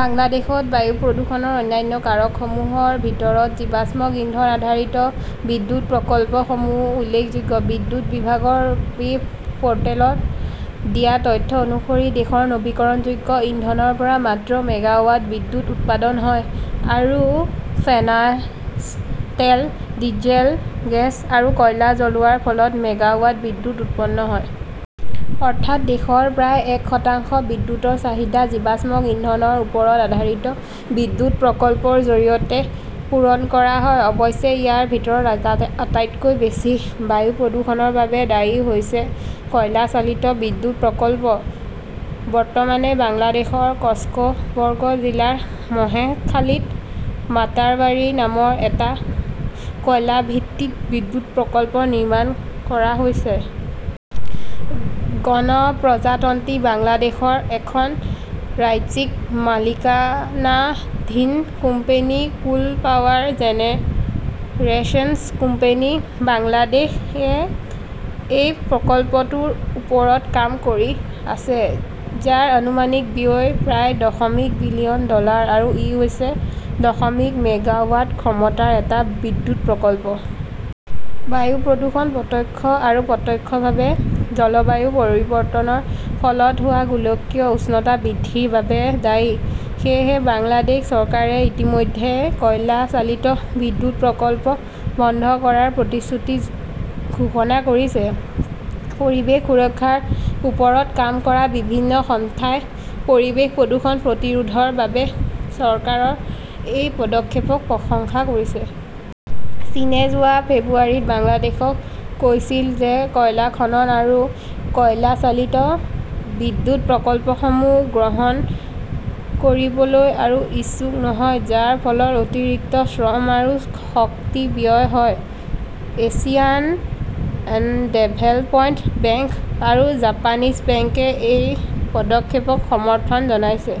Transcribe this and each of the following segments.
বাংলাদেশত বায়ু প্ৰদূষণৰ অন্যান্য কাৰকসমূহৰ ভিতৰত জীৱাশ্ম ইন্ধন-আধাৰিত বিদ্যুৎ প্ৰকল্পসমূহ উল্লেখযোগ্য। বিদ্যুৎ বিভাগৰ ৱেব পোৰ্টেলত দিয়া তথ্য অনুসৰি, দেশৰ নৱীকৰণযোগ্য ইন্ধনৰ পৰা মাত্ৰ মেগাৱাট বিদ্যুৎ উৎপাদন হয় আৰু ফেৰ্নাচ তেল, ডিজেল, গেছ আৰু কয়লা জ্বলোৱাৰ ফলত মেগাৱাট বিদ্যুৎ উৎপাদন হয়। অৰ্থাৎ, দেশৰ প্ৰায় এক শতাংশ বিদ্যুৎৰ চাহিদা জীৱাশ্ম ইন্ধনৰ ওপৰত আধাৰিত বিদ্যুৎ প্ৰকল্পৰ জৰিয়তে পূৰণ কৰা হয়। অৱশ্যে, ইয়াৰ ভিতৰত আটাইতকৈ বেছি বায়ু প্ৰদূষণৰ বাবে দায়ী হৈছে কয়লা-চালিত বিদ্যুৎ প্ৰকল্প। বৰ্তমানে বাংলাদেশৰ কক্সবৰ্গ জিলাৰ মহেশখালীত মাটাৰবাৰী নামৰ এটা কয়লা ভিত্তিক বিদ্যুৎ প্ৰকল্প নিৰ্মাণ কৰা হৈছে। গণপ্ৰজাতন্ত্ৰী বাংলাদেশৰ এখন ৰাজ্যিক মালিকানাধীন company coal power generation company Bangladesh -এ এই প্ৰকল্পটোৰ ওপৰত কাম কৰি আছে, যাৰ আনুমানিক ব্যয় প্ৰায় দশমিক বিলিয়ন ডলাৰ আৰু ই হৈছে দশমিক মেগাৱাট ক্ষমতাৰ এটা বিদ্যুৎ প্ৰকল্প। বায়ু প্ৰদূষণ প্ৰত্যক্ষ আৰু প্ৰত্যক্ষভাৱে জলবায়ু পৰিৱৰ্তনৰ ফলত হোৱা গোলকীয় উষ্ণতা বৃদ্ধিৰ বাবে দায়ী। সেয়েহে বাংলাদেশ চৰকাৰে ইতিমধ্যে কয়লা চালিত বিদ্যুৎ প্ৰকল্প বন্ধ কৰাৰ প্ৰতিশ্ৰুতি ঘোষণা কৰিছে। পৰিৱেশ সুৰক্ষাৰ ওপৰত কাম কৰা বিভিন্ন সংস্থাই পৰিৱেশ প্ৰদূষণ প্ৰতিৰোধৰ বাবে চৰকাৰৰ এই পদক্ষেপক প্ৰশংসা কৰিছে। চীনে যোৱা ফেব্ৰুৱাৰীত বাংলাদেশক কৈছিল যে কয়লা খনন আৰু কয়লা-চালিত বিদ্যুৎ প্ৰকল্পসমূহ গ্ৰহণ কৰিবলৈ আৰু ইচ্ছুক নহয়, যাৰ ফলত অতিৰিক্ত শ্ৰম আৰু শক্তি ব্যয় হয়। এছিয়ান ডেভেলপমেণ্ট বেংক আৰু জাপানীজ বেংকে এই পদক্ষেপক সমৰ্থন জনাইছে।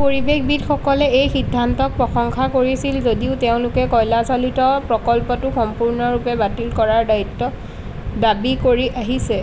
পৰিৱেশবিদসকলে এই সিদ্ধান্তক প্ৰশংসা কৰিছিল যদিও তেওঁলোকে কয়লা-চালিত প্ৰকল্পটো সম্পূৰ্ণৰূপে বাতিল কৰাৰ দাবী কৰি আহিছে।